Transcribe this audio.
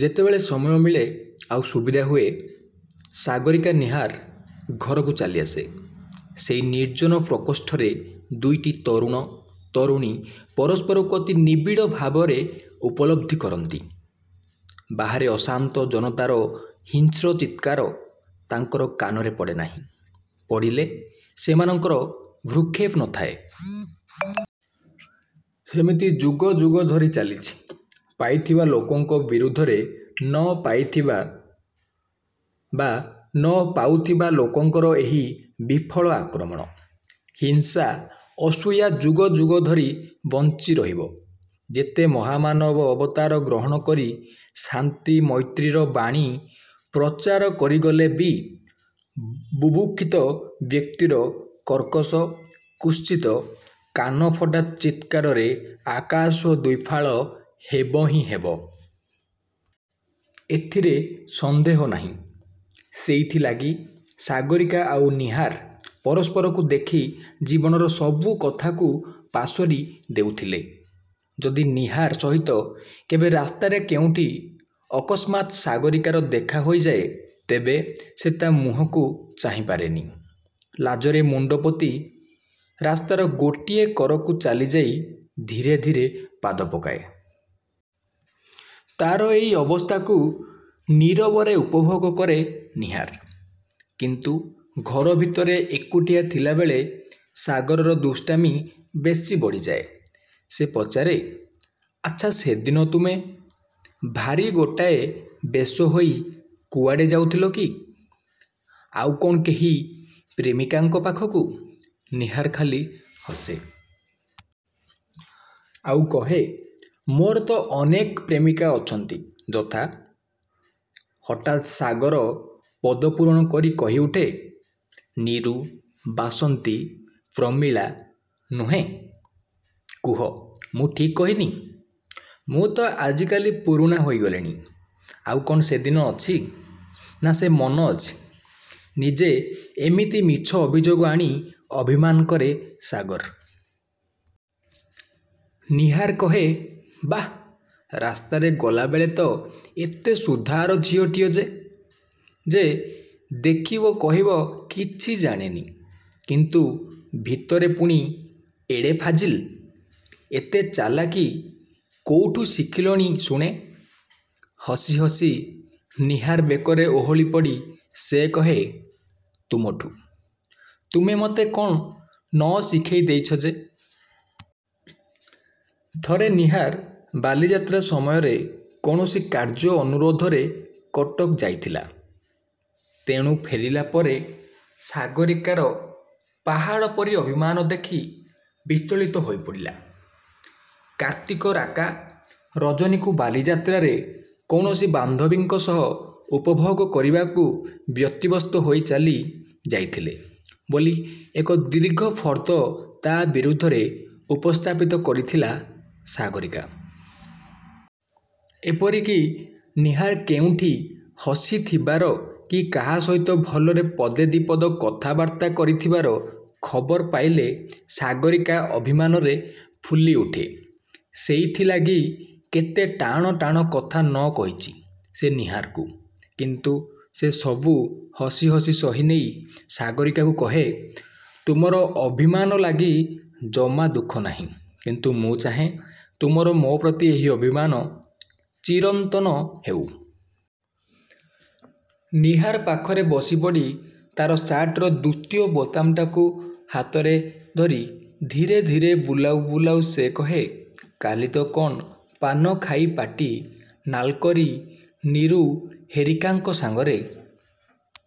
ଯେତେବେଳେ ସମୟ ମିଳେ ଆଉ ସୁବିଧା ହୁଏ; ସାଗରୀକା ନୀହାର ଘରକୁ ଚାଲିଆସେ। ସେଇ ନିର୍ଜନ ପ୍ରକୋଷ୍ଠରେ ଦୁଇଟି ତରୁଣ ତରୁଣୀ ପରସ୍ପରକୁ ଅତି ନିବିଡ଼ ଭାବରେ ଉପଲବ୍ଧି କରନ୍ତି। ବାହାରେ ଅଶାନ୍ତ ଜନତାର ହିଂସ୍ର ଚିତ୍କାର ତାଙ୍କର କାନରେ ପଡ଼େନାହିଁ। ପଡ଼ିଲେ; ସେମାନଙ୍କର ଭ୍ରୂକ୍ଷେପ ନଥାଏ। ସେମିତି ଯୁଗ ଯୁଗ ଧରି ଚାଲିଛି। ପାଇଥିବା ଲୋକଙ୍କ ବିରୁଦ୍ଧରେ 'ନ ପାଇଥିବା' ବା 'ନ ପାଉଥିବା' ଲୋକଙ୍କର ଏହି ବିଫଳ ଆକ୍ରମଣ, ହିଂସା ଅସୂୟା ଯୁଗ ଯୁଗ ଧରି ବଞ୍ଚି ରହିବ। ଯେତେ ମହାମାନବ ଅବତାର ଗ୍ରହଣ କରି ଶାନ୍ତି, ମୈତ୍ରୀର ବାଣୀ ପ୍ରଚାର କରିଗଲେ ବି ବୁଭୁକ୍ଷିତ-ବ୍ୟକ୍ତିର କର୍କଶ, କୁତ୍ସିତ କାନଫଟା ଚିତ୍କାରରେ ଆକାଶ ଦ୍ୱିଫାଳ ହେବ ହିଁ ହେବ। ଏଥିରେ ସନ୍ଦେହ ନାହିଁ। ସେଇଥି ଲାଗି ସାଗରୀକା ଆଉ ନୀହାର ପରସ୍ପରକୁ ଦେଖି ଜୀବନର ସବୁ କଥାକୁ ପାସୋରି ଦେଉଥିଲେ। ଯଦି ନୀହାର ସହିତ କେବେ ରାସ୍ତାରେ କେଉଁଠି ଅକସ୍ମାତ୍ ସାଗରୀକାର ଦେଖା ହୋଇଯାଏ ତେବେ ସେ ତା' ମୁହଁକୁ ଚାହିଁପାରେନି। ଲାଜରେ ମୁଣ୍ତପୋତି, ରାସ୍ତାର ଗୋଟିଏ କରକୁ ଚାଲିଯାଇ ଧୀରେ ଧୀରେ ପାଦ ପକାଏ। ତା'ର ଏଇ ଅବସ୍ଥାକୁ ନୀରବରେ ଉପଭୋଗ କରେ ନୀହାର। କିନ୍ତୁ ଘର ଭିତରେ ଏକୁଟିଆ ଥିଲାବେଳେ ସାଗରର ଦୁଷ୍ଟାମି ବେଶୀ ବଢ଼ିଯାଏ। ସେ ପଚାରେ-''ଆଚ୍ଛା-ସେଦିନ ତୁମେ। ଭାରୀ ଗୋଟାଏ ବେଶ ହୋଇ କୁଆଡ଼େ ଯାଉଥିଲ କି? ଆଉ କ'ଣ କେହି ପ୍ରେମିକାଙ୍କ ପାଖକୁ? '' ନୀହାର ଖାଲି ହସେ! ଆଉ କହେ-''ମୋର ତ ଅନେକ ପ୍ରେମିକା ଅଛନ୍ତି ଯଥା। ହଠାତ୍ ସାଗର ପଦପୂରଣ କରି କହିଉଠେ-ନିରୁ, ବାସନ୍ତୀ, ପ୍ରମିଳା, ନୁହେଁ? କୁହ-ମୁଁ ଠିକ୍ କହିନି? ମୁଁ ତ ଆଜିକାଲି ପୁରୁଣା ହୋଇଗଲିଣି। ଆଉ କ'ଣ ସେଦିନ ଅଛି-ନା ସେ ମନ ଅଛି? '' ନିଜେ ଏମିତି ମିଛ ଅଭିଯୋଗ ଆଣି ଅଭିମାନ କରେ ସାଗର। ନୀହାର କହେ-ବାଃ-ରାସ୍ତାରେ ଗଲାବେଳେ ତ ଏତେ ସୁଧାର ଝିଅଟିଏ ଯେ; ଯେ ଦେଖିବ କହିବ କିଛି ଜାଣେନି। କିନ୍ତୁ ଭିତରେ ପୁଣି ଏଡ଼େ ଫାଜିଲ୍। ଏତେ ଚାଲାକି କୋଉଠୁ ଶିଖିଲଣି ଶୁଣେ? '' ହସି ହସି ନୀହାର ବେକରେ ଓହଳି ପଡ଼ି ସେ କହେ-''ତୁମଠୁଁ। ତୁମେ ମୋତେ କ'ଣ ନ ଶିଖାଇ ଦେଇଛ ଯେ? '' ଥରେ ନୀହାର ବାଲିଯାତ୍ର ସମୟରେ କୌଣସି କାର୍ଯ୍ୟ ଅନୁରୋଧରେ କଟକ ଯାଇଥିଲା। ତେଣୁ ଫେରିଲା ପରେ ସାଗରୀକାର ପାହାଡ଼ ପରି ଅଭିମାନ ଦେଖି, ବିଚଳିତ ହୋଇପଡ଼ିଲା। କାର୍ତ୍ତିକ ରାକା ରଜନୀକୁ ବାଲିଯାତ୍ରାରେ କୌଣସି ବାନ୍ଧବୀଙ୍କ ସହ ଉପଭୋଗ କରିବାକୁ ବ୍ୟତିବ୍ୟସ୍ତ ହୋଇ ଚାଲି ଯାଇଥିଲା ବୋଲି ଏକ ଦୀର୍ଘ ଫର୍ଦ୍ଦ ତା' ବିରୁଦ୍ଧରେ ଉପସ୍ଥାପିତ କରିଥିଲା ସାଗରୀକା। ଏପରିକି ନୀହାର କେଉଁଠି ହସି ଥିବାର, କି କାହା ସହିତ ଭଲରେ ପଦେ ଦି'ପଦ କଥାବାର୍ତ୍ତା କରି ଥିବାର ଖବର ପାଇଲେ ସାଗରୀକା ଅଭିମାନରେ ଫୁଲି ଉଠେ। ସେଇଥି ଲାଗି କେତେ ଟାଣ ଟାଣ କଥା ନ କହିଛି ସେ ନୀହାରକୁ-କିନ୍ତୁ ସେ ସବୁ ହସି ହସି ସହି ନେଇ ସାଗରୀକାକୁ କହେ-''ତୁମର ଅଭିମାନ ଲାଗି ଜମା ଦୁଃଖ ନାହିଁ-କିନ୍ତୁ ମୁଁ ଚାହେଁ ତୁମର ମୋ'ପ୍ରତି ଏହି ଅଭିମାନ ଚିରନ୍ତନ ହେଉ। '' ନୀହାର ପାଖରେ ବସିପଡ଼ି, ତା'ର ସାର୍ଟର ଦ୍ୱିତୀୟ ବୋତାମଟାକୁ ହାତରେ ଧରି, ଧୀରେ ଧୀରେ ବୁଲାଉ ବୁଲାଉ ସେ କହେ-''କାଲି ତ କ'ଣ ପାନ ଖାଇ ପାଟି ନାଲ୍କରି ନିରୁ ହେରିକାଙ୍କ ସଙ୍ଗରେ